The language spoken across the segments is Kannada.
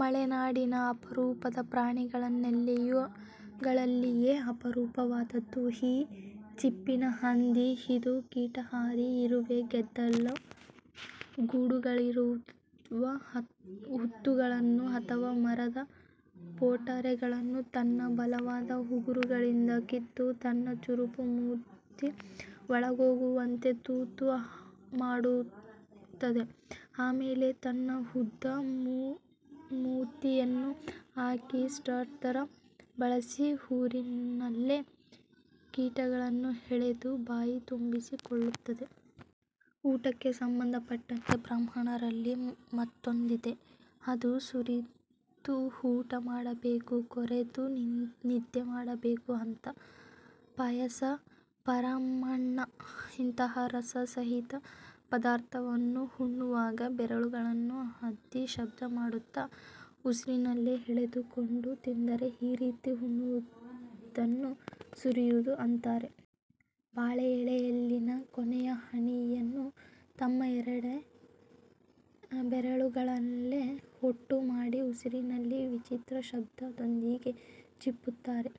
ಮಲೆನಾಡಿನ ಅಪರೂಪದ ಪ್ರಾಣಿಗಳಲ್ಲಿಯೇ ಅಪರೂಪವಾದದ್ದು ಈ ಚಿಪ್ಪಿನ ಹಂದಿ. ಇದು ಕೀಟಾಹಾರಿ. ಇರುವೆ, ಗೆದ್ದಲು ಗೂಡುಗಳಿರುವ ಹುತ್ತಗಳನ್ನು ಅಥವಾ ಮರದ ಪೊಟರೆಗಳನ್ನು ತನ್ನ ಬಲವಾದ ಉಗುರುಗಳಿಂದ ಕಿತ್ತು, ತನ್ನ ಚೂಪು ಮೂತಿ ಒಳಹೋಗುವಂತೆ ತೂತು ಮಾಡುತ್ತದೆ. ಆಮೇಲೆ ತನ್ನ ಉದ್ದ ಮೂತಿಯನ್ನು ಹಾಕಿ, ಸ್ಟ್ರಾ ತರ ಬಳಸಿ ಉಸಿರಿನಲ್ಲೇ ಕೀಟಗಳನ್ನು ಎಳೆದು ಬಾಯಿತುಂಬಿಸಿಕೊಳ್ಳುತ್ತದೆ. ಊಟಕ್ಕೆ ಸಂಬಂಧ ಪಟ್ಟಂತೆ ಬ್ರಾಹ್ಮಣರಲ್ಲಿ ಮಾತೊಂದಿದೆ. ಅದು 'ಸುರಿದು ಊಟ ಮಾಡಬೇಕು, ಗೊರೆದು ನಿದ್ದೆ ಮಾಡಬೇಕು' ಅಂಥ. ಪಾಯಸ ಪರಮಾನ್ನ ಇಂತಹ ರಸ ಸಹಿತ ಪದಾರ್ಥವನ್ನು ಉಣ್ಣುವಾಗ ಬೆರಳುಗಳನ್ನು ಅದ್ದಿ ಶಬ್ದ ಮಾಡುತ್ತಾ ಉಸಿರಿನಲ್ಲೇ ಎಳೆದು ಕೊಂಡು ತಿಂತಾರೆ. ಈ ರೀತಿ ಉಣ್ಣುವುದನ್ನು ಸುರಿಯುವುದು ಅಂತಾರೆ. ಬಾಳೆ ಎಲೆಯಲ್ಲಿನ ಕೊನೆಯ ಹನಿಯನ್ನೂ ತಮ್ಮ ಎರಡೇ ಬೆರಳುಗಳಲ್ಲೆ ಒಟ್ಟು ಮಾಡಿ ಉಸಿರಿನಲ್ಲಿ ವಿಚಿತ್ರ ಶಬ್ದದೊಂದಿಗೆ ಚೀಪುತ್ತಾರೆ.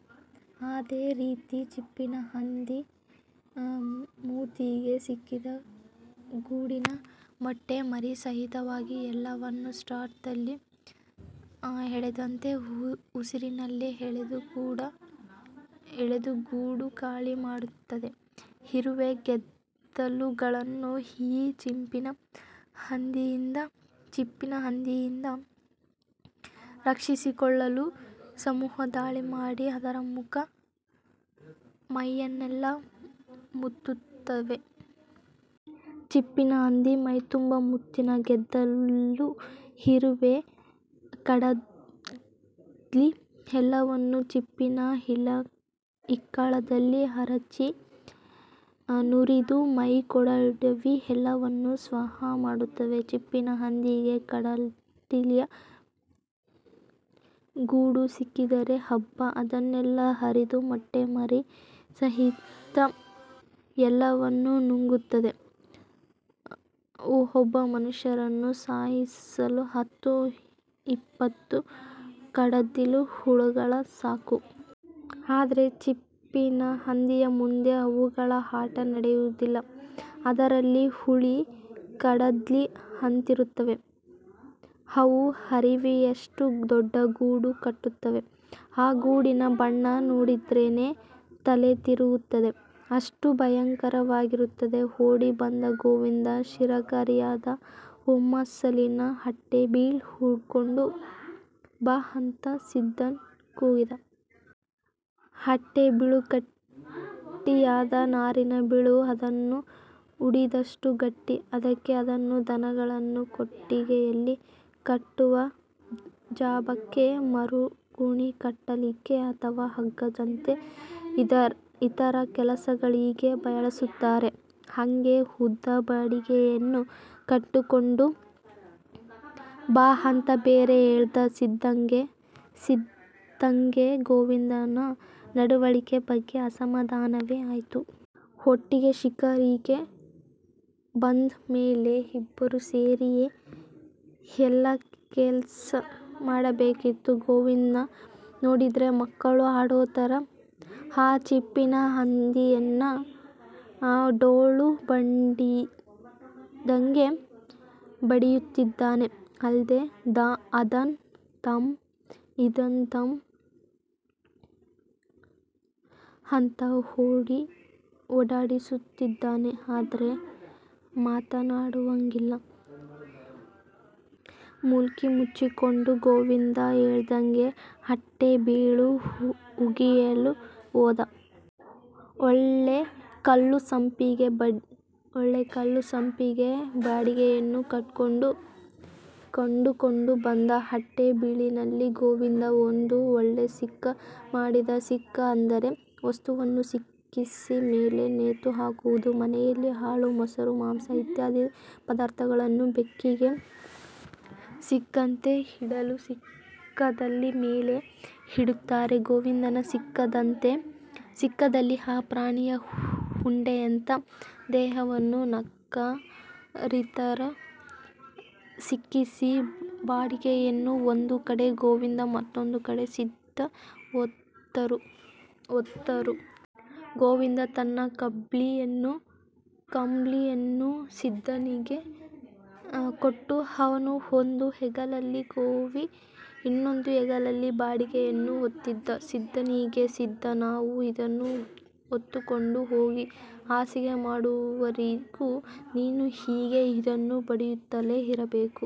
ಅದೇ ರೀತಿ ಚಿಪ್ಪಿನ ಹಂದಿ ಮೂತಿಗೆ ಸಿಕ್ಕಿದ ಗೂಡಿನ ಮೊಟ್ಟೆ ಮರಿ ಸಹಿತವಾಗಿ ಎಲ್ಲವನ್ನೂ ಸ್ಟ್ರಾದಲ್ಲಿ ಎಳೆದಂತೆ, ಉಸಿರಿನಲ್ಲಿ ಎಳೆದು ಗೂಡು ಖಾಲಿ ಮಾಡ್ತದೆ. ಇರುವೆ ಗೆದ್ದಲುಗಳು ಈ ಚಿಪ್ಪಿನ ಹಂದಿಯಿಂದ ರಕ್ಷಿಸಿಕೊಳ್ಳಲು ಸಮೂಹ ದಾಳಿ ಮಾಡಿ, ಅದರ ಮುಖ ಮೈಯನ್ನೆಲ್ಲಾ ಮುತ್ತುತ್ತವೆ. ಚಿಪ್ಪಿನ ಹಂದಿ ಮೈತುಂಬಾ ಮುತ್ತಿದ ಗೆದ್ದಲು, ಇರುವೆ, ಕಡದ್ಲಿ ಎಲ್ಲವನ್ನು ಚಿಪ್ಪಿನ ಇಕ್ಕಳದಲ್ಲಿ ಅರಚಿ, ನುರಿದು ಮೈಕೊಡವಿ ಎಲ್ಲವನ್ನು 'ಸ್ವಾಹಾ' ಮಾಡುತ್ತದೆ. ಚಿಪ್ಪಿನ ಹಂದಿಗೆ ಕಡದ್ಲಿಯ ಗೂಡು ಸಿಕ್ಕಿದರೆ ಹಬ್ಬ. ಅದನ್ನೆಲ್ಲಾ ಹರಿದು ಮೊಟ್ಟೆ ಮರಿ ಸಹಿತ ಎಲ್ಲವನ್ನು ನುಂಗುತ್ತದೆ. ಒಬ್ಬ ಮನುಷ್ಯನನ್ನು ಸಾಯಿಸಲು ಹತ್ತು-ಇಪ್ಪತ್ತು ಕಡದ್ಲಿ ಹುಳಗಳು ಸಾಕು. ಆದ್ರೆ ಚಿಪ್ಪಿನ ಹಂದಿಯ ಮುಂದೆ ಅವುಗಳ ಆಟ ನಡೆಯುವುದಿಲ್ಲ. ಅದರಲ್ಲಿ ಹುಲಿ ಕಡದ್ಲಿ ಅಂತಿರುತ್ತವೆ. ಅವು ಹರಿವೆಯಷ್ಟು ದೊಡ್ಡ ಗೂಡು ಕಟ್ಟುತ್ತವೆ. ಆ ಗೂಡಿನ ಬಣ್ಣ ನೋಡಿದ್ರೆನೇ ತಲೆತಿರುಗುತ್ತದೆ. ಅಷ್ಟು ಭಯಂಕರವಾಗಿರುತ್ತದೆ. ಓಡಿ ಬಂದ ಗೋವಿಂದ ಶಿಕಾರಿಯಾದ ಹುಮ್ಮಸ್ಸಲ್ಲಿ ಅಟ್ಟೆ ಬೀಳ್ ಉಕ್ಕೋಂಡು ಬಾ ಅಂತ ಸಿದ್ದನ್ ಕೂಗಿದ. ಅಟ್ಟೆ ಬೀಳು ಗಟ್ಟಿಯಾದ ನಾರಿನ ಬೀಳು. ಅದನ್ನು ಉಡಿದಷ್ಟು ಗಟ್ಟಿ. ಅದಕ್ಕೆ ಅದನ್ನ ದನಗಳನ್ನು ಕೊಟ್ಟಿಗೆಯಲ್ಲಿ ಕಟ್ಟುವ ಜಾಬಕ್ಕೆ, ಮರುಗುಣಿ ಕಟ್ಟಲಿಕ್ಕೆ ಅಥವಾ ಹಗ್ಗದಂತೆ ಇತರ ಕೆಲಸಗಳಿಗೆ ಬಳಸುತ್ತಾರೆ. ಹಂಗೆ ಉದ್ದ ಬಡಿಗೆಯನ್ನೂ ಕಡ್ಕೊಂಡು ಬಾ ಅಂತ ಬೇರೆ ಹೇಳ್ದ. ಸಿದ್ದಂಗೆ ಗೋವಿಂದನ ನಡವಳಿಕೆ ಬಗ್ಗೆ ಅಸಮಧಾನವೇ ಆಯ್ತು. ಒಟ್ಟಿಗೆ ಶಿಕಾರಿಗೆ ಬಂದ್ ಮೇಲೆ ಇಬ್ಬರು ಸೇರಿಯೇ ಎಲ್ಲಾ ಕೆಲ್ಸ ಮಾಡಬೇಕಿತ್ತು. ಗೋವಿಂದನ್ನ ನೋಡಿದ್ರೆ ಮಕ್ಕಳು ಆಡೋತರ ಆ ಚಿಪ್ಪಿನ ಹಂದಿಯನ್ನ ಡೋಲು ಬಡಿದಂಗೆ ಬಡಿಯುತ್ತಿದ್ದಾನೆ. ಅಲ್ದೆ ಅದನ್ ತಾಂಬ, ಇದನ್ ತಾಂಬ ಅಂತ ಓಡಾಡಿಸುತ್ತಿದ್ದಾನೆ. ಆದ್ರೆ ಮಾತಾಡುವಂಗಿಲ್ಲ. ಮುಕ್ಳಿಮುಚ್ಚಿಕೊಂಡು ಗೋವಿಂದ ಹೇಳ್ದಂಗೆ, ಅಟ್ಟೆಬೀಳು ಉಗಿಯಲು ಹೋದ. ಒಳ್ಳೆ ಕಲ್ಲುಸಂಪಿಗೆ ಬಡಿಗೆಯನ್ನು ಕಡ್ಕೊಂಡು ಬಂದ. ಅಟ್ಟೆ ಬೀಳಿನಲ್ಲಿ ಗೋವಿಂದ ಒಂದು ಒಳ್ಳೆ ಸಿಕ್ಕ ಮಾಡಿದ ಸಿಕ್ಕ ಅಂದರೆ, ವಸ್ತುವನ್ನು ಸಿಕ್ಕಿಸಿ ಮೇಲೆ ನೇತುಹಾಕುವುದು. ಮನೆಯಲ್ಲಿ ಹಾಲು ಮೊಸರು ಮಾಂಸ ಇತ್ಯಾದಿ ಪದಾರ್ಥಗಳನ್ನು ಬೆಕ್ಕಿಗೆ ಸಿಕ್ಕದಂತೆ ಇಡಲು ಸಿಕ್ಕದಲ್ಲಿ ಮೇಲೆ ಇಡುತ್ತಾರೆ. ಗೋವಿಂದನ ಸಿಕ್ಕದಲ್ಲಿ ಆ ಪ್ರಾಣಿಯ ಉಂಡೆಯಂತ ದೇಹವನ್ನು ನಗಾರಿತರ ಸಿಕ್ಕಿಸಿ, ಬಡಿಗೆಯನ್ನು ಒಂದು ಕಡೆ ಗೋವಿಂದ ಮತ್ತೊಂದು ಕಡೆ ಸಿದ್ದ ಹೊತ್ತರು. ಗೋವಿಂದ ತನ್ನ ಕಂಬ್ಳಿಯನ್ನು ಸಿದ್ದನಿಗೆ ಕೊಟ್ಟು, ಅವನು ಒಂದು ಹೆಗಲಲ್ಲಿ ಕೋವಿ, ಇನ್ನೊಂದು ಹೆಗಲಲ್ಲಿ ಬಡಿಗೆಯನ್ನು ಹೊತ್ತಿದ್ದ. ಸಿದ್ದನಿಗೆ, 'ಸಿದ್ದಾ ನಾವು ಇದನ್ನ ಹೊತ್ಕೊಂಡು ಹೋಗಿ ಹಸಿಗೆ ಮಾಡುವರೆಗೂ ನೀನು ಹೀಗೇ ಇದನ್ನು ಬಡಿಯುತ್ತಲೇ ಇರಬೇಕು.